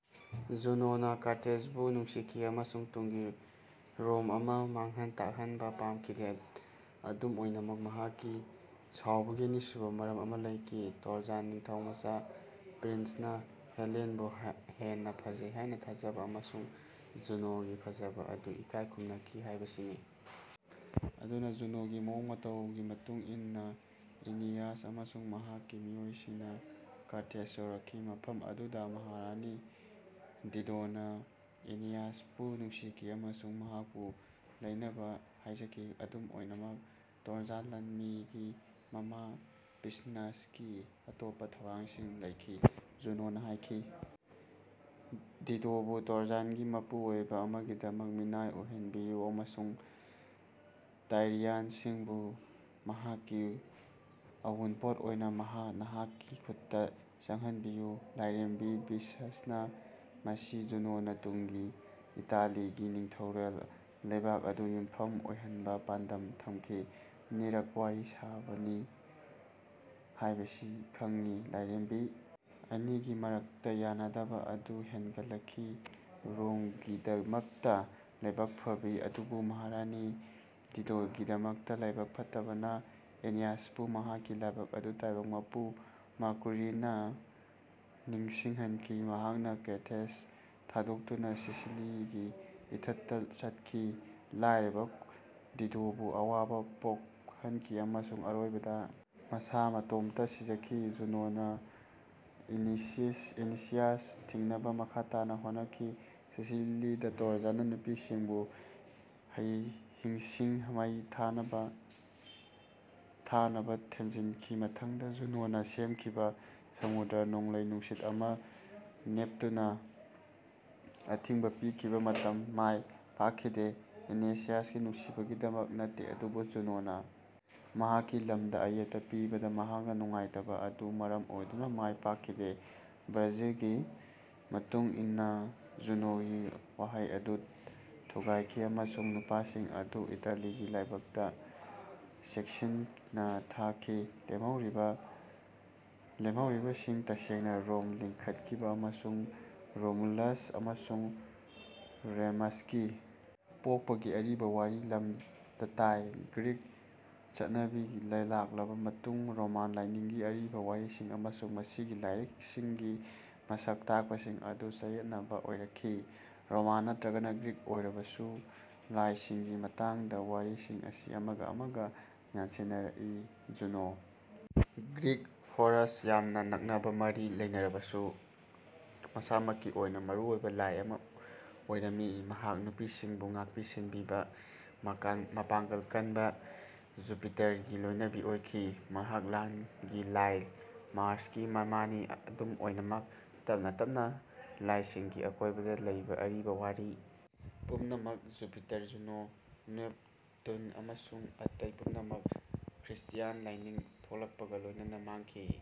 ꯖꯨꯅꯣꯅ ꯀꯥꯔꯊꯦꯖꯕꯨ ꯅꯨꯡꯁꯤꯈꯤ ꯑꯃꯁꯨꯡ ꯇꯨꯡꯒꯤ ꯔꯣꯝ ꯑꯃꯅ ꯃꯥꯡꯍꯟ ꯇꯥꯛꯍꯟꯕ ꯄꯥꯝꯈꯤꯗꯦ꯫ ꯑꯗꯨꯝ ꯑꯣꯏꯅꯃꯛ, ꯃꯍꯥꯛꯀꯤ ꯁꯥꯎꯕꯒꯤ ꯑꯅꯤꯁꯨꯕ ꯃꯔꯝ ꯑꯃ ꯂꯩꯈꯤ: ꯇ꯭ꯔꯣꯖꯟ ꯅꯤꯡꯊꯧꯃꯆꯥ ꯄꯦꯔꯤꯁꯅ ꯍꯦꯂꯦꯟꯕꯨ ꯍꯦꯟꯅ ꯐꯖꯩ ꯍꯥꯏꯅ ꯊꯥꯖꯕ, ꯑꯃꯁꯨꯡ ꯖꯨꯅꯣꯒꯤ ꯐꯖꯕ ꯑꯗꯨ ꯏꯀꯥꯏ ꯈꯨꯝꯅꯈꯤ ꯍꯥꯏꯕꯁꯤꯅꯤ꯫ ꯑꯗꯨꯅ, ꯖꯨꯅꯣꯒꯤ ꯃꯑꯣꯡ ꯃꯇꯧꯒꯤ ꯃꯇꯨꯡ ꯏꯟꯅ ꯑꯦꯅꯤꯌꯥꯁ ꯑꯃꯁꯨꯡ ꯃꯍꯥꯛꯀꯤ ꯃꯤꯑꯣꯏꯁꯤꯡꯅ ꯀꯥꯔꯊꯦꯖ ꯌꯧꯔꯛꯈꯤ ꯃꯐꯝ ꯑꯗꯨꯗ ꯃꯍꯥꯔꯥꯅꯤ ꯗꯤꯗꯣꯅ ꯑꯦꯅꯤꯌꯥꯁꯄꯨ ꯅꯨꯡꯁꯤꯈꯤ ꯑꯃꯁꯨꯡ ꯃꯍꯥꯛꯄꯨ ꯂꯩꯅꯕ ꯍꯥꯏꯖꯈꯤ꯫ ꯑꯗꯨꯝ ꯑꯣꯏꯅꯃꯛ, ꯇ꯭ꯔꯣꯖꯟ ꯂꯥꯟꯃꯤꯒꯤ ꯃꯃꯥ ꯚꯤꯅꯁꯀꯤ ꯑꯇꯣꯞꯄ ꯊꯧꯔꯥꯡꯁꯤꯡ ꯂꯩꯈꯤ꯫ ꯖꯨꯅꯣꯅ ꯍꯥꯏꯈꯤ, ꯗꯤꯗꯣꯕꯨ ꯇ꯭ꯔꯣꯖꯟꯒꯤ ꯃꯄꯨꯔꯣꯏꯕ ꯑꯃꯒꯤꯗꯃꯛ ꯃꯤꯅꯥꯏ ꯑꯣꯏꯍꯟꯕꯤꯌꯨ, ꯑꯃꯁꯨꯡ ꯇꯥꯏꯔꯤꯌꯟꯁꯤꯡꯕꯨ ꯃꯍꯥꯛꯀꯤ ꯑꯎꯟꯄꯣꯠ ꯑꯣꯏꯅ ꯅꯍꯥꯛꯀꯤ ꯈꯨꯠꯇ ꯆꯪꯍꯟꯕꯤꯌꯨ꯫ ꯂꯥꯏꯔꯦꯝꯕꯤ ꯚꯤꯅꯁꯅ ꯃꯁꯤ ꯖꯨꯅꯣꯅ ꯇꯨꯡꯒꯤ ꯏꯇꯥꯂꯤꯒꯤ ꯅꯤꯡꯊꯧꯔꯦꯜ ꯂꯩꯕꯥꯛ ꯑꯗꯨ ꯌꯨꯝꯐꯝ ꯑꯣꯏꯍꯟꯅꯕ ꯄꯥꯟꯗꯝ ꯊꯝꯈꯤꯕ ꯑꯅꯤꯔꯛ ꯋꯥꯔꯤ ꯁꯥꯅꯕꯅꯤ ꯍꯥꯏꯕꯁꯤ ꯈꯪꯉꯤ꯫ ꯂꯥꯏꯔꯦꯝꯕꯤ ꯑꯅꯤꯒꯤ ꯃꯔꯛꯇ ꯌꯥꯅꯗꯕ ꯑꯗꯨ ꯍꯦꯟꯒꯠꯂꯛꯈꯤ꯫ ꯔꯣꯝꯒꯤꯗꯃꯛꯇ ꯂꯥꯏꯕꯛ ꯐꯕꯅꯤ, ꯑꯗꯨꯕꯨ ꯃꯍꯥꯔꯥꯅꯤ ꯗꯤꯗꯣꯒꯤꯗꯃꯛꯇ ꯂꯥꯏꯕꯛ ꯐꯠꯇꯕꯅ, ꯑꯦꯅꯤꯌꯥꯁꯄꯨ ꯃꯍꯥꯛꯀꯤ ꯂꯥꯏꯕꯛ ꯑꯗꯨ ꯇꯥꯏꯕꯪ ꯃꯄꯨ ꯃꯔꯀ꯭ꯌꯨꯔꯤꯅ ꯅꯤꯡꯁꯤꯡꯍꯟꯈꯤ꯫ ꯃꯍꯥꯛꯅ ꯀꯥꯔꯊꯦꯖ ꯊꯥꯗꯣꯛꯇꯨꯅ ꯁꯤꯁꯤꯂꯤꯒꯤ ꯏꯊꯠꯇ ꯆꯠꯈꯤ, ꯂꯥꯏꯔꯕ ꯗꯤꯗꯣꯕꯨ ꯑꯋꯥꯕ ꯄꯣꯛꯍꯟꯈꯤ ꯑꯃꯁꯨꯡ ꯑꯔꯣꯏꯕꯗ ꯃꯁꯥ ꯃꯇꯣꯝꯇ ꯁꯤꯖꯈꯤ꯫ ꯖꯨꯅꯣꯅ ꯑꯦꯅꯤꯌꯥꯁ ꯊꯤꯡꯅꯕ ꯃꯈꯥ ꯇꯥꯅ ꯍꯣꯠꯅꯈꯤ ꯁꯤꯁꯤꯂꯤꯗ ꯇ꯭ꯔꯣꯖꯟ ꯅꯨꯄꯤꯁꯤꯡꯕꯨ ꯍꯤꯁꯤꯡ ꯃꯩ ꯊꯥꯅꯕ ꯊꯦꯝꯖꯤꯟꯈꯤ꯫ ꯃꯊꯪꯗ, ꯖꯨꯅꯣꯅ ꯁꯦꯝꯈꯤꯕ ꯁꯃꯨꯗ꯭ꯔꯗ ꯅꯣꯡꯂꯩ-ꯅꯨꯡꯁꯤꯠ ꯑꯃ ꯅꯦꯞꯇꯨꯟꯅ ꯑꯊꯤꯡꯕ ꯄꯤꯈꯤꯕ ꯃꯇꯝꯗ ꯃꯥꯏ ꯄꯥꯛꯈꯤꯗꯦ, ꯑꯦꯅꯤꯌꯥꯁꯀꯤ ꯅꯨꯡꯁꯤꯕꯒꯤꯗꯃꯛ ꯅꯠꯇꯦ, ꯑꯗꯨꯕꯨ ꯖꯨꯅꯣꯅ ꯃꯍꯥꯛꯀꯤ ꯂꯝꯗ ꯑꯌꯦꯠꯄ ꯄꯤꯕꯗ ꯃꯍꯥꯛꯅ ꯅꯨꯡꯉꯥꯏꯇꯕ ꯑꯗꯨꯅ ꯃꯔꯝ ꯑꯣꯏꯗꯨꯅ ꯃꯥꯏ ꯄꯥꯛꯈꯤꯗꯦ꯫ ꯚꯔꯖꯤꯜꯒꯤ ꯃꯇꯨꯡ ꯏꯟꯅ, ꯖꯨꯅꯣꯒꯤ ꯋꯥꯍꯩ ꯑꯗꯨ ꯊꯨꯒꯥꯏꯈꯤ ꯑꯃꯁꯨꯡ ꯅꯨꯄꯥꯁꯤꯡ ꯑꯗꯨ ꯏꯇꯥꯂꯤꯒꯤ ꯂꯩꯕꯥꯛꯇ ꯆꯦꯛꯁꯤꯟꯅ ꯇꯥꯈꯤ꯫ ꯂꯦꯝꯍꯧꯔꯤꯕꯁꯤꯡ, ꯇꯁꯦꯡꯅ ꯔꯣꯝ ꯂꯤꯡꯈꯠꯈꯤꯕ ꯑꯃꯁꯨꯡ ꯔꯣꯃꯨꯂꯁ ꯑꯃꯁꯨꯡ ꯔꯦꯃꯁꯀꯤ ꯄꯣꯛꯄꯒꯤ ꯑꯔꯤꯕ ꯋꯥꯔꯤꯒꯤ ꯂꯝꯗ ꯇꯥꯏ꯫ ꯒ꯭ꯔꯤꯛ ꯆꯠꯅꯕꯤ ꯂꯥꯛꯂꯕ ꯃꯇꯨꯡꯗ ꯔꯣꯃꯥꯟ ꯂꯥꯏꯅꯤꯡꯒꯤ ꯑꯔꯤꯕ ꯋꯥꯔꯤꯁꯤꯡ ꯑꯃꯁꯨꯡ ꯃꯁꯤꯒꯤ ꯂꯥꯏꯁꯤꯡꯒꯤ ꯃꯁꯛ ꯇꯥꯛꯄꯁꯤꯡ ꯑꯗꯨ ꯆꯌꯦꯠꯅꯕ ꯑꯣꯏꯔꯛꯈꯤ꯫ ꯔꯣꯃꯥꯟ ꯅꯠꯇ꯭ꯔꯒ ꯒ꯭ꯔꯤꯛ ꯑꯣꯏꯔꯕꯁꯨ ꯂꯥꯏꯁꯤꯡꯒꯤ ꯃꯇꯥꯡꯗ ꯋꯥꯔꯤꯁꯤꯡ ꯑꯁꯤ ꯑꯃꯒ ꯑꯃꯒ ꯌꯥꯟꯁꯤꯟꯅꯔꯛꯏ꯫ ꯖꯨꯅꯣ, ꯒ꯭ꯔꯤꯛ ꯍꯦꯔꯥꯒ ꯌꯥꯝꯅ ꯅꯛꯅꯕ ꯃꯔꯤ ꯂꯩꯅꯔꯕꯁꯨ, ꯃꯁꯥꯃꯛꯀꯤ ꯑꯣꯏꯅ, ꯃꯔꯨꯑꯣꯏꯕ ꯂꯥꯏ ꯑꯃ ꯑꯣꯏꯔꯝꯃꯤ꯫ ꯃꯍꯥꯛ ꯅꯨꯄꯤꯁꯤꯡꯕꯨ ꯉꯥꯛꯄꯤ-ꯁꯦꯟꯕꯤꯕ, ꯃꯄꯥꯡꯒꯜ ꯀꯟꯕ ꯖꯨꯄꯤꯇꯔꯒꯤ ꯂꯣꯏꯅꯕꯤ ꯑꯣꯏꯈꯤ꯫ ꯃꯍꯥꯛ ꯂꯥꯟꯒꯤ ꯂꯥꯏ ꯃꯥꯔꯁꯀꯤ ꯃꯃꯥꯅꯤ꯫ ꯑꯗꯨꯝ ꯑꯣꯏꯅꯃꯛ, ꯇꯞꯅ-ꯇꯞꯅ, ꯂꯥꯏꯁꯤꯡꯒꯤ ꯑꯀꯣꯏꯕꯗ ꯂꯩꯕ ꯑꯔꯤꯕ ꯋꯥꯔꯤ ꯄꯨꯝꯅꯃꯛ ꯖꯨꯄꯤꯇꯔ, ꯖꯨꯅꯣ, ꯅꯦꯞꯇꯨꯟ ꯑꯃꯁꯨꯡ ꯑꯇꯩ ꯄꯨꯝꯅꯃꯛ ꯈ꯭ꯔꯤꯁꯇ꯭ꯌꯥꯟ ꯂꯥꯏꯅꯤꯡ ꯊꯣꯛꯂꯛꯄꯒ ꯂꯣꯏꯅꯅ ꯃꯥꯡꯈꯤ꯫